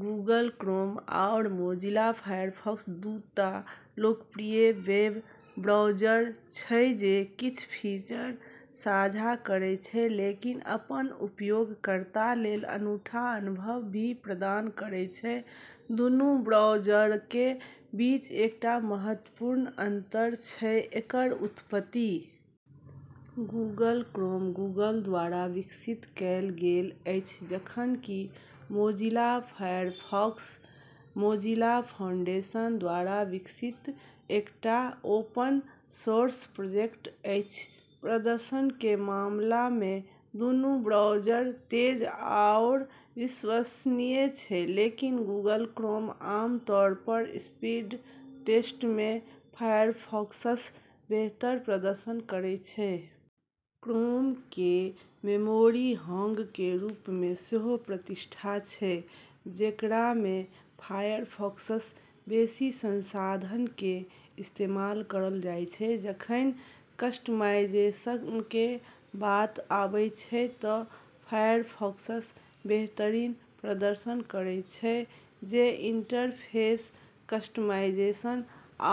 Google Chrome आओर Mozilla Firefox दू ता लोकप्रिय वेब ब्राउज़र छै जे किछ फीचर साझा करै छै, लेकिन अपन उपयोगकर्ता लेल अनूठा अनुभव भी प्रदान करै छै। दुन्नू ब्राउज़रके बीच एकटा महत्वपूर्ण अंतर छै एकर उत्पत्ति। गूगल क्रोम गूगल द्वारा विकसित कएल गेल अछि, जखन कि मोजिला फायरफॉक्स मोजिला फाउंडेशन द्वारा विकसित एकटा ओपन-सोर्स प्रोजेक्ट अछि। प्रदर्शनके मामलामे दुन्नू ब्राउज़र तेज आओर विश्वसनीय छै, लेकिन गूगल क्रोम आम तौर पर स्पीड टेस्टमे फायरफॉक्ससँ बेहतर प्रदर्शन करै छै। क्रोमके मेमोरी हॉगके रूपमे सेहो प्रतिष्ठा छै, जेकरामे फायरफॉक्ससँ बेशी संसाधनके इस्तेमाल करल जाइ छै। जखनि कस्टमाइजेशनके बात आबै छै त' फायरफॉक्स बेहतरीन प्रदर्शन करै छै, जे इंटरफेस कस्टमाइजेशन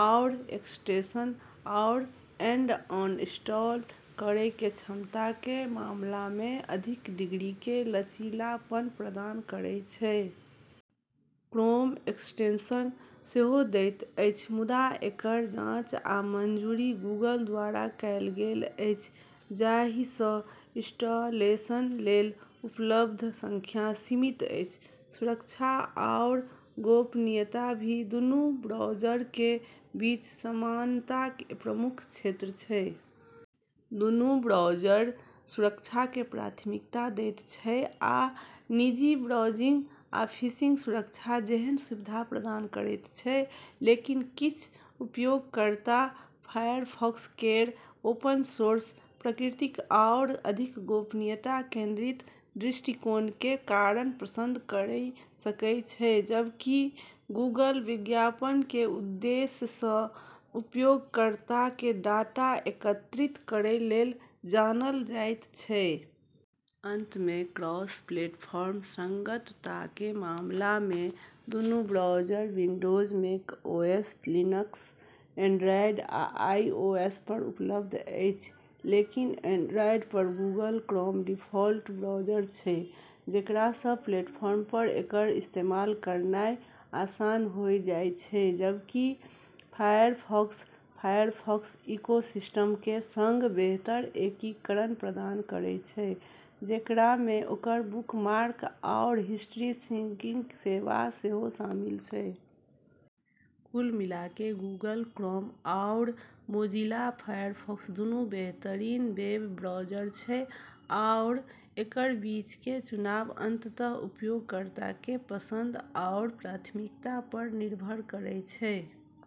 आओर एक्सटेंशन आओर ऐड-ऑन इंस्टॉल करैके क्षमताके मामलामे अधिक डिग्रीके लचीलापन प्रदान करै छै। क्रोम एक्सटेंशन सेहो दैत अछि, मुदा एकर जाँच आ मंजूरी गूगल द्वारा कएल गेल अछि, जाहिसँ इंस्टॉलेशन लेल उपलब्ध संख्या सीमित अछि। सुरक्षा आओर गोपनीयता भी दुन्नू ब्राउज़रके बीच समानताके प्रमुख क्षेत्र छै। दुन्नू ब्राउज़र सुरक्षाके प्राथमिकता दैत छै आ निजी ब्राउजिंग आ फिशिंग सुरक्षा जेहन सुविधा प्रदान करैत छै। लेकिन किछ उपयोगकर्ता फायरफॉक्स केर ओपन-सोर्स प्रकृति आओर अधिक गोपनीयता केंद्रित दृष्टिकोणके कारण पसंद करि सकै छै, जबकि गूगल विज्ञापनके उद्देश्यसँ उपयोगकर्ताके डाटा एकत्रित करै लेल जानल जाइत छै। अंत में, क्रॉस-प्लेटफॉर्म संगतताके मामलामे, दुन्नू browser Windows, mac OS, Linux, Android, आ आईओएस पर उपलब्ध अछि। लेकिन एंड्रॉयड पर गूगल क्रोम डिफ़ॉल्ट ब्राउज़र छै, जेकरासँ प्लेटफॉर्म पर एकर इस्तेमाल करनाइ आसान होइ जाइ छै, जबकि फायरफॉक्स, फायरफॉक्स इकोसिस्टमके सङ्ग बेहतर एकीकरण प्रदान करै छै, जेकरामे ओकर बुकमार्क आओर हिस्ट्री सिंकिंग सेवा सेहो शामिल छै। कुल मिलाके गूगल क्रोम आओर मोजिला फायरफॉक्स दुन्नू बेहतरीन वेब ब्राउज़र छै, आओर एकर बीचके चुनाव अंततः उपयोगकर्ताके पसंद आओर प्राथमिकता पर निर्भर करै छै।